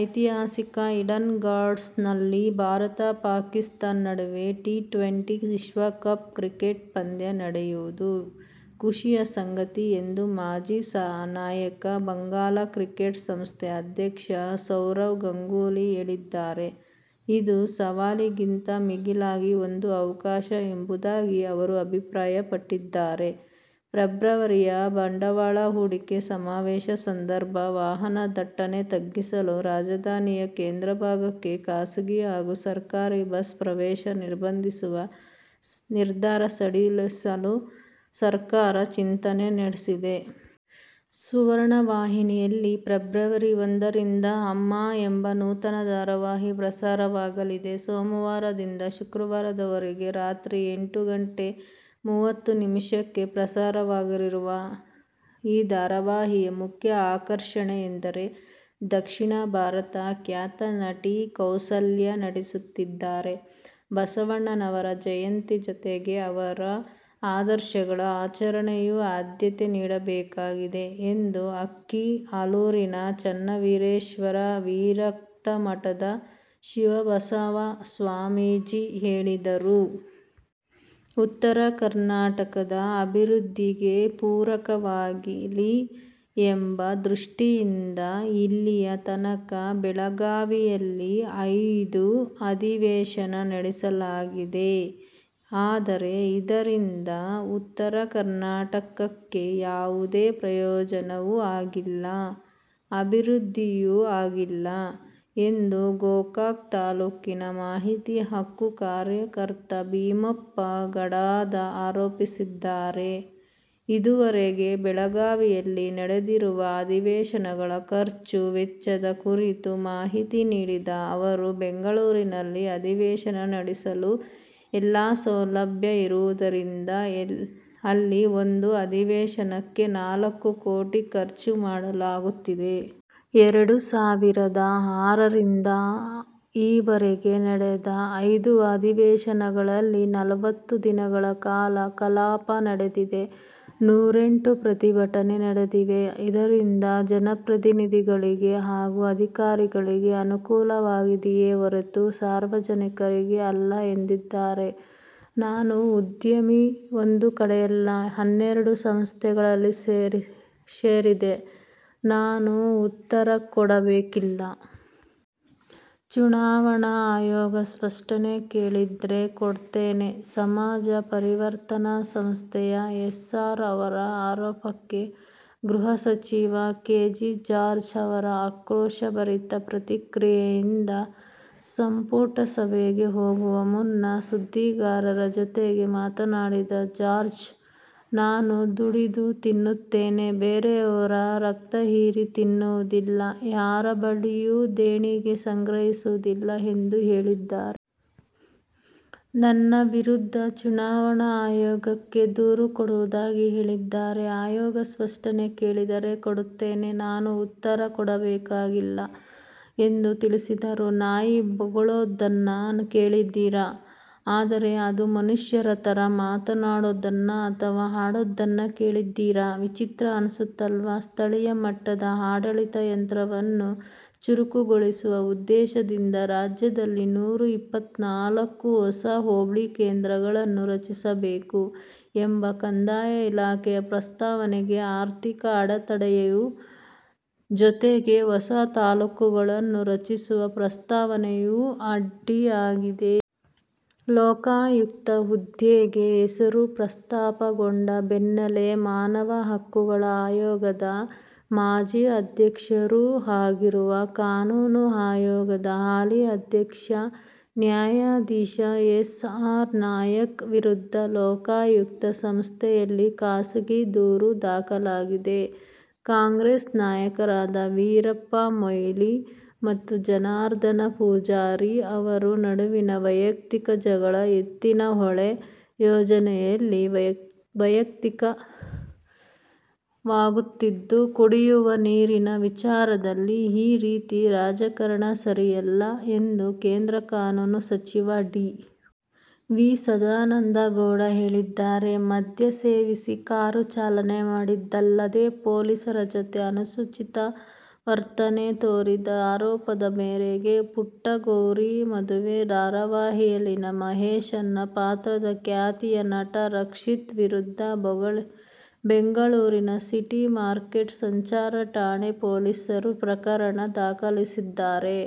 ಐತಿಹಾಸಿಕ ಈಡನ್ ಗಾರ್ಡನ್ಸ್'ನಲ್ಲಿ ಭಾರತ-ಪಾಕಿಸ್ಥಾನ ನಡುವಿನ ಟಿ-ಟ್ವೆಂಟಿ ವಿಶ್ವಕಪ್ ಕ್ರಿಕೆಟ್ ಪಂದ್ಯ ನಡೆಯುವುದು ಖುಷಿಯ ಸಂಗತಿ ಎಂದು ಮಾಜಿ ನಾಯಕ, ಬಂಗಾಲ ಕ್ರಿಕೆಟ್ ಸಂಸ್ಥೆಯ ಅಧ್ಯಕ್ಷ ಸೌರವ್ ಗಂಗೂಲಿ ಹೇಳಿದ್ದಾರೆ. ಇದು ಸವಾಲಿಗಿಂತ ಮಿಗಿಲಾಗಿ ಒಂದು ಅವಕಾಶ ಎಂಬುದಾಗಿ ಅವರು ಅಭಿಪ್ರಾಯಪಟ್ಟಿದ್ದಾರೆ. ಫೆಬ್ರವರಿಯ ಬಂಡವಾಳ ಹೂಡಿಕೆ ಸಮಾವೇಶ ಸಂದರ್ಭ ವಾಹನ ದಟ್ಟಣೆ ತಗ್ಗಿಸಲು ರಾಜಧಾನಿಯ ಕೇಂದ್ರ ಭಾಗಕ್ಕೆ ಖಾಸಗಿ ಹಾಗೂ ಸರ್ಕಾರಿ ಬಸ್ ಪ್ರವೇಶ ನಿರ್ಬಂಧಿಸುವ ನಿರ್ಧಾರ ಸಡಿಲಿಸಲು ಸರ್ಕಾರ ಚಿಂತನೆ ನಡೆಸಿದೆ. ಸುವರ್ಣ ವಾಹಿನಿಯಲ್ಲಿ ಫೆಬ್ರವರಿ ಒಂದರಿಂದ ಅಮ್ಮ ಎಂಬ ನೂತನ ಧಾರಾವಾಹಿ ಪ್ರಸಾರವಾಗಲಿದೆ. ಸೋಮವಾರದಿಂದ ಶುಕ್ರವಾರದವರೆಗೆ ರಾತ್ರಿ ಎಂಟು ಗಂಟೆ ಮೂವತ್ತು ನಿಮಿಷಕ್ಕೆ ಪ್ರಸಾರವಾಗಲಿರುವ ಈ ಧಾರಾವಾಹಿಯ ಮುಖ್ಯ ಆಕರ್ಷಣೆ ಎಂದರೆ, ದಕ್ಷಿಣ ಭಾರತದ ಖ್ಯಾತ ನಟಿ ಕೌಸಲ್ಯಾ ನಟಿಸುತ್ತಿದ್ದಾರೆ. ಬಸವಣ್ಣನವರ ಜಯಂತಿ ಜೊತೆಗೆ ಅವರ ಆದರ್ಶಗಳ ಆಚರಣೆಗೂ ಆದ್ಯತೆನಿಡಬೇಕಾಗಿದೆ ಎಂದು ಅಕ್ಕಿಆಲೂರಿನ ಚನ್ನವೀರೇಶ್ವರ ವಿರಕ್ತಮಠದ ಶಿವಬಸವಸ್ವಾಮೀಜಿ ಹೇಳಿದರು. ಉತ್ತರ ಕರ್ನಾಟಕದ ಅಭಿವೃದ್ಧಿಗೆ ಪೂರಕವಾಗಲಿ ಎಂಬ ದೃಷ್ಟಿಯಿಂದ ಇಲ್ಲಿಯ ತನಕ ಬೆಳಗಾವಿಯಲ್ಲಿ ಐದು ಅಧಿವೇಶನ ನಡೆಸಲಾಗಿದೆ. ಆದರೆ ಇದರಿಂದ ಉತ್ತರ ಕರ್ನಾಟಕಕ್ಕೆ ಯಾವುದೇ ಪ್ರಯೋಜನವೂ ಆಗಿಲ್ಲ, ಅಭಿವೃದ್ಧಿಯೂ ಆಗಿಲ್ಲ ಎಂದು ಗೋಕಾಕ ತಾಲೂಕಿನ ಮಾಹಿತಿ ಹಕ್ಕು ಕಾರ್ಯಕರ್ತ ಭೀಮಪ್ಪ ಗಡಾದ ಆರೋಪಿಸಿದ್ದಾರೆ. ಇದುವರೆಗೆ ಬೆಳಗಾವಿಯಲ್ಲಿ ನಡೆದಿರುವ ಅಧಿವೇಶನಗಳ ಖರ್ಚು ವೆಚ್ಚದ ಕುರಿತು ಮಾಹಿತಿ ನೀಡಿದ ಅವರು, ಬೆಂಗಳೂರಿನಲ್ಲಿ ಅಧಿವೇಶನ ನಡೆಸಲು ಎಲ್ಲ ಸೌಲಭ್ಯ ಇರುವುದರಿಂದ ಅಲ್ಲಿ ಒಂದು ಅಧಿವೇಶನಕ್ಕೆ ನಾಲ್ಕು ಕೋಟಿ ಖರ್ಚು ಮಾಡಲಾಗುತ್ತಿದೆ. ಎರಡು ಸಾವಿರದ ಆರರಿಂದ ಈವರೆಗೆ ನಡೆದ ಐದು ಅಧಿವೇಶನಗಳಲ್ಲಿ ನಲ್ವತ್ತು ದಿನಗಳ ಕಾಲ ಕಲಾಪ ನಡೆದಿದೆ. ನೂರೆಂಟು ಪ್ರತಿಭಟನೆ ನಡೆದಿವೆ. ಇದರಿಂದ ಜನಪ್ರತಿನಿಧಿಗಳಿಗೆ ಹಾಗೂ ಅಧಿಕಾರಿಗಳಿಗೆ ಅನುಕೂಲವಾಗಿದೆಯೇ ಹೊರತು ಸಾರ್ವಜನಿಕರಿಗೆ ಅಲ್ಲ ಎಂದಿದ್ದಾರೆ. "ನಾನು ಉದ್ಯಮಿ. ಒಂದು ಕಡೆಯಲ್ಲ, ಹನ್ನೆರಡು ಸಂಸ್ಥೆಗಳಲ್ಲಿ ಷೇರಿದೆ. ನಾನು ಉತ್ತರ ಕೊಡಬೇಕಿಲ್ಲ. ಚುನಾವಣಾ ಆಯೋಗ ಸ್ಪಷ್ಟನೆ ಕೇಳಿದ್ರೆ ಕೊಡ್ತೇನೆ. ಸಮಾಜ ಪರಿವರ್ತನಾ ಸಂಸ್ಥೆಯ ಎಸ್. ಆರ್. ಅವರ ಆರೋಪಕ್ಕೆ ಗೃಹ ಸಚಿವ ಕೆ. ಜೆ. ಜಾರ್ಜ್ ಅವರ ಆಕ್ರೋಶಭರಿತ ಪ್ರತಿಕ್ರಿಯೆಯಿದು. ಸಂಪುಟ ಸಭೆಗೆ ಹೋಗುವ ಮುನ್ನ ಸುದ್ದಿಗಾರರ ಜತೆ ಮಾತನಾಡಿದ ಜಾರ್ಜ್, ನಾನು ದುಡಿದು ತಿನ್ನುತ್ತೇನೆ. ಬೇರೆಯವರ ರಕ್ತ ಹೀರಿ ತಿನ್ನುವುದಿಲ್ಲ, ಯಾರ ಬಳಿಯೂ ದೇಣಿಗೆ ಸಂಗ್ರಹಿಸುವುದಿಲ್ಲ ಎಂದು ಹೇಳಿದರು. ನನ್ನ ವಿರುದ್ಧ ಚುನಾವಣಾ ಆಯೋಗಕ್ಕೆ ದೂರು ಕೊಡುವುದಾಗಿ ಹೇಳಿದ್ದಾರೆ. ಆಯೋಗ ಸ್ಪಷ್ಟನೆ ಕೇಳಿದರೆ ಕೊಡ್ತೇನೆ. ನಾನು ಉತ್ತರ ಕೊಡಬೇಕಿಲ್ಲ ಎಂದು ತಿಳಿಸಿದರು. ನಾಯಿ ಬೊಗಳೋದನ್ನ ಕೇಳಿದೀರಿ. ಆದರೆ ಅದು ಮನುಷ್ಯರ ಥರ ಮಾತಾಡೋದನ್ನ ಅಥವಾ ಹಾಡೋದನ್ನ ಕೇಳಿದೀರಾ? ವಿಚಿತ್ರ ಅನ್ಸತ್ತಲ್ವಾ? ಸ್ಥಳೀಯ ಮಟ್ಟದ ಆಡಳಿತ ಯಂತ್ರವನ್ನು ಚುರುಕುಗೊಳಿಸುವ ಉದ್ದೇಶದಿಂದ ರಾಜ್ಯದಲ್ಲಿ ನೂರಾ ಇಪ್ಪತ್ನಾಲ್ಕು ಹೊಸ ಹೋಬಳಿ ಕೇಂದ್ರಗಳನ್ನು ರಚಿಸಬೇಕು ಎಂಬ ಕಂದಾಯ ಇಲಾಖೆಯ ಪ್ರಸ್ತಾವನೆಗೆ ಆರ್ಥಿಕ ಅಡೆತಡೆಯ ಜೊತೆಗೆ ಹೊಸ ತಾಲೂಕುಗಳನ್ನು ರಚಿಸುವ ಪ್ರಸ್ತಾವನೆಯೂ ಅಡ್ಡಿಯಾಗಿದೆ. ಲೋಕಾಯುಕ್ತ ಹುದ್ದೆಗೆ ಹೆಸರು ಪ್ರಸ್ತಾಪಗೊಂಡ ಬೆನ್ನಲ್ಲೇ ಮಾನವ ಹಕ್ಕುಗಳ ಆಯೋಗದ ಮಾಜಿ ಅಧ್ಯಕ್ಷರೂ ಆಗಿರುವ ಕಾನೂನು ಆಯೋಗದ ಹಾಲಿ ಅಧ್ಯಕ್ಷ ನ್ಯಾಯಾಧೀಶ ಎಸ್. ಆರ್. ನಾಯಕ್ ವಿರುದ್ಧ ಲೋಕಾಯುಕ್ತ ಸಂಸ್ಥೆಯಲ್ಲಿ ಖಾಸಗಿ ದೂರು ದಾಖಲಾಗಿದೆ. ಕಾಂಗ್ರೆಸ್ ನಾಯಕರಾದ ವೀರಪ್ಪ ಮೊಯ್ಲಿ ಮತ್ತು ಜನಾರ್ದನ ಪೂಜಾರಿ ಅವರ ನಡುವಿನ ವೈಯಕ್ತಿಕ ಜಗಳ ಎತ್ತಿನಹೊಳೆ ಯೋಜನೆಯಲ್ಲಿ ವ್ಯಕ್ತವಾಗುತ್ತಿದ್ದು, ಕುಡಿಯುವ ನೀರಿನ ವಿಚಾರದಲ್ಲಿ ಈ ರೀತಿಯ ರಾಜಕಾರಣ ಸರಿಯಲ್ಲ ಎಂದು ಕೇಂದ್ರ ಕಾನೂನು ಸಚಿವ ಡಿ. ವಿ. ಸದಾನಂದ ಗೌಡ ಹೇಳಿದ್ದಾರೆ. ಮದ್ಯ ಸೇವಿಸಿ ಕಾರು ಚಾಲನೆ ಮಾಡಿದ್ದಲ್ಲದೆ, ಪೊಲೀಸರ ಜತೆ ಅನುಚಿತ ವರ್ತನೆ ತೋರಿದ ಆರೋಪದ ಮೇರೆಗೆ ಪುಟ್ಟಗೌರಿ ಮದುವೆ ಧಾರಾವಾಹಿಯಲ್ಲಿನ ಮಹೇಶನ ಪಾತ್ರದ ಖ್ಯಾತಿಯ ನಟ ರಕ್ಷಿತ್ ವಿರುದ್ಧ ಬೆಂಗಳೂರಿನ ಸಿಟಿ ಮಾರ್ಕೆಟ್ ಸಂಚಾರ ಠಾಣೆ ಪೊಲೀಸರು ಪ್ರಕರಣ ದಾಖಲಿಸಿದ್ದಾರೆ.